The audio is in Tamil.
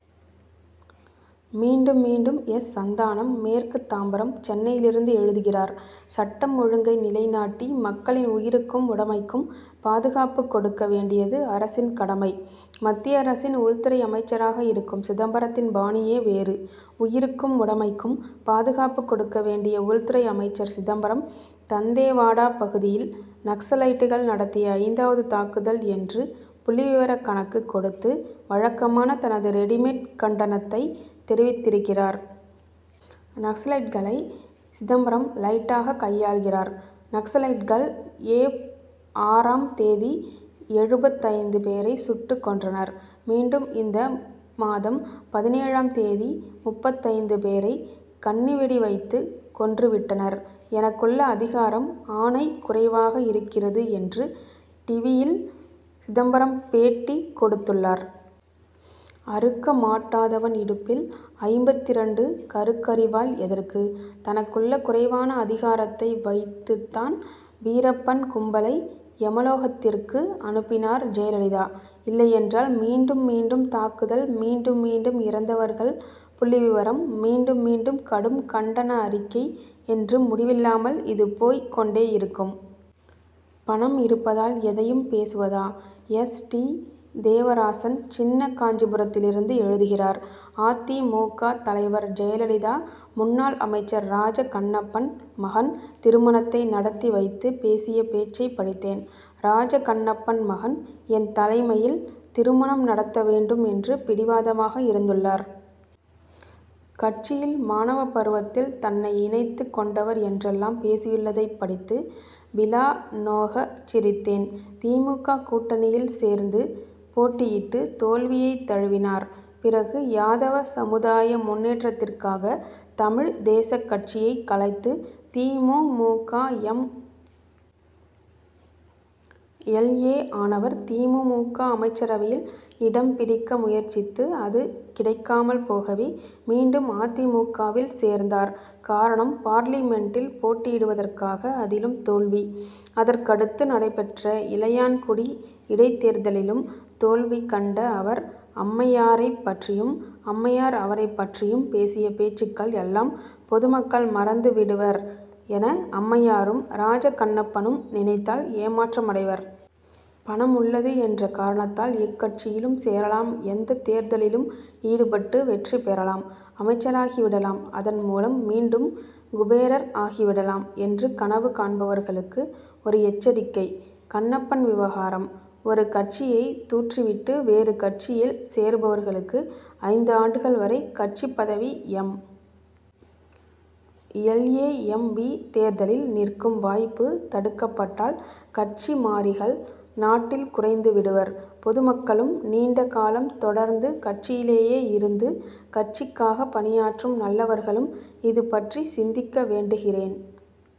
மீண்டும்மீண்டும் எஸ். சந்தானம் மேற்கு தாம்பரம் சென்னையிலிருந்து எழுதுகிறார் சட்டம் ஒழுங்கை நிலைநாட்டி மக்களின் உயிருக்கும் உடமைக்கும் பாதுகாப்பு கொடுக்க வேண்டியது அரசின் கடமை. மத்திய அரசின் உள்துறை அமைச்சராக இருக்கும் சிதம்பரத்தின் பாணியே வேறு. உயிருக்கும் உடமைக்கும் பாதுகாப்பு கொடுக்க வேண்டிய உள்துறை அமைச்சர் சிதம்பரம் தந்தேவாடா பகுதியில் நக்சலைட்கள் நடத்திய ஐந்தாவது தாக்குதல் என்று புள்ளிவிவரக் கணக்குக் கொடுத்து வழக்கமான தனது ரெடிமேட் கண்டனத்தை தெரிவித்திருக்கிறார். நக்சலைட்களை சிதம்பரம் லைட்டாக கையாள்கிறார். நக்சலைட்கள் ஏப். ஆறாம் தேதி எழுபத்தைந்து பேரை சுட்டுக் கொன்றனர். மீண்டும் இந்த மாதம் பதினேழாம் தேதி முப்பத்தைந்து பேரை கண்ணிவெடி வைத்துக் கொன்று விட்டனர். எனக்குள்ள அதிகாரம் ஆணை குறைவாக இருக்கிறது என்று டிவியில் சிதம்பரம் பேட்டி கொடுத்துள்ளார். அறுக்க மாட்டாதவன் இடுப்பில் ஐம்பத்திரண்டு கருக்கரிவாள் எதற்கு? தனக்குள்ள குறைவான அதிகாரத்தை வைத்துத்தான் வீரப்பன் கும்பலை எமலோகத்திற்கு அனுப்பினார் ஜெயலலிதா. இல்லையென்றால் மீண்டும் மீண்டும் தாக்குதல் மீண்டும் மீண்டும் இறந்தவர்கள் புள்ளிவிவரம் மீண்டும் மீண்டும் கடும் கண்டன அறிக்கை என்று முடிவில்லாமல் இது போய்க் கொண்டேயிருக்கும். பணம் இருப்பதால் எதையும் பேசுவதா? எஸ். டி. தேவராசன் சின்ன காஞ்சிபுரத்திலிருந்து எழுதுகிறார் அ. தி. மு. க. தலைவர் ஜெயலலிதா முன்னாள் அமைச்சர் ராஜ கண்ணப்பன் மகன் திருமணத்தை நடத்தி வைத்து பேசிய பேச்சை படித்தேன். ராஜ கண்ணப்பன் மகன் என் தலைமையில் திருமணம் நடத்த வேண்டும் என்று பிடிவாதமாக இருந்துள்ளார். கட்சியில் மாணவப் பருவத்தில் தன்னை இணைத்துக் கொண்டவர் என்றெல்லாம் பேசியுள்ளதைப் படித்து விலா நோகச் சிரித்தேன். தி. மு. க. கூட்டணியில் சேர்ந்து போட்டியிட்டு தோல்வியைத் தழுவினார். பிறகு யாதவ சமுதாய முன்னேற்றத்திற்காக தமிழ் தேசக் கட்சியை கலைத்து தி. மு. மு. க. எம். எல். ஏ. ஆனவர். தி. மு. க. அமைச்சரவையில் இடம் பிடிக்க முயற்சித்து அது கிடைக்காமல் போகவே மீண்டும் அ. தி. மு. க.வில் சேர்ந்தார். காரணம் பார்லிமென்டில் போட்டியிடுவதற்காக அதிலும் தோல்வி. அதற்கடுத்து நடைபெற்ற இளையான்குடி இடைத்தேர்தலிலும் தோல்வி கண்ட அவர் அம்மையாரைப் பற்றியும் அம்மையார் அவரைப் பற்றியும் பேசிய பேச்சுக்கள் எல்லாம் பொதுமக்கள் மறந்து விடுவர் என அம்மையாரும் ராஜ கண்ணப்பனும் நினைத்தால் ஏமாற்றம் அடைவர். பணம் உள்ளது என்ற காரணத்தால் எக்கட்சியிலும் சேரலாம் எந்தத் தேர்தலிலும் ஈடுபட்டு வெற்றி பெறலாம் அமைச்சராகி விடலாம் அதன் மூலம் மீண்டும் குபேரர் ஆகிவிடலாம் என்று கனவு காண்பவர்களுக்கு ஒரு எச்சரிக்கை கண்ணப்பன் விவகாரம். ஒரு கட்சியை தூற்றிவிட்டு வேறு கட்சியில் சேருபவர்களுக்கு ஐந்து ஆண்டுகள் வரை கட்சிப் பதவி M. L. A. M. P. தேர்தலில் நிற்கும் வாய்ப்பு தடுக்கப்பட்டால் கட்சி மாறிகள் நாட்டில் குறைந்து விடுவர். பொதுமக்களும் நீண்ட காலம் தொடர்ந்து கட்சியிலேயே இருந்து கட்சிக்காக பணியாற்றும் நல்லவர்களும் இது பற்றி சிந்திக்க வேண்டுகிறேன்.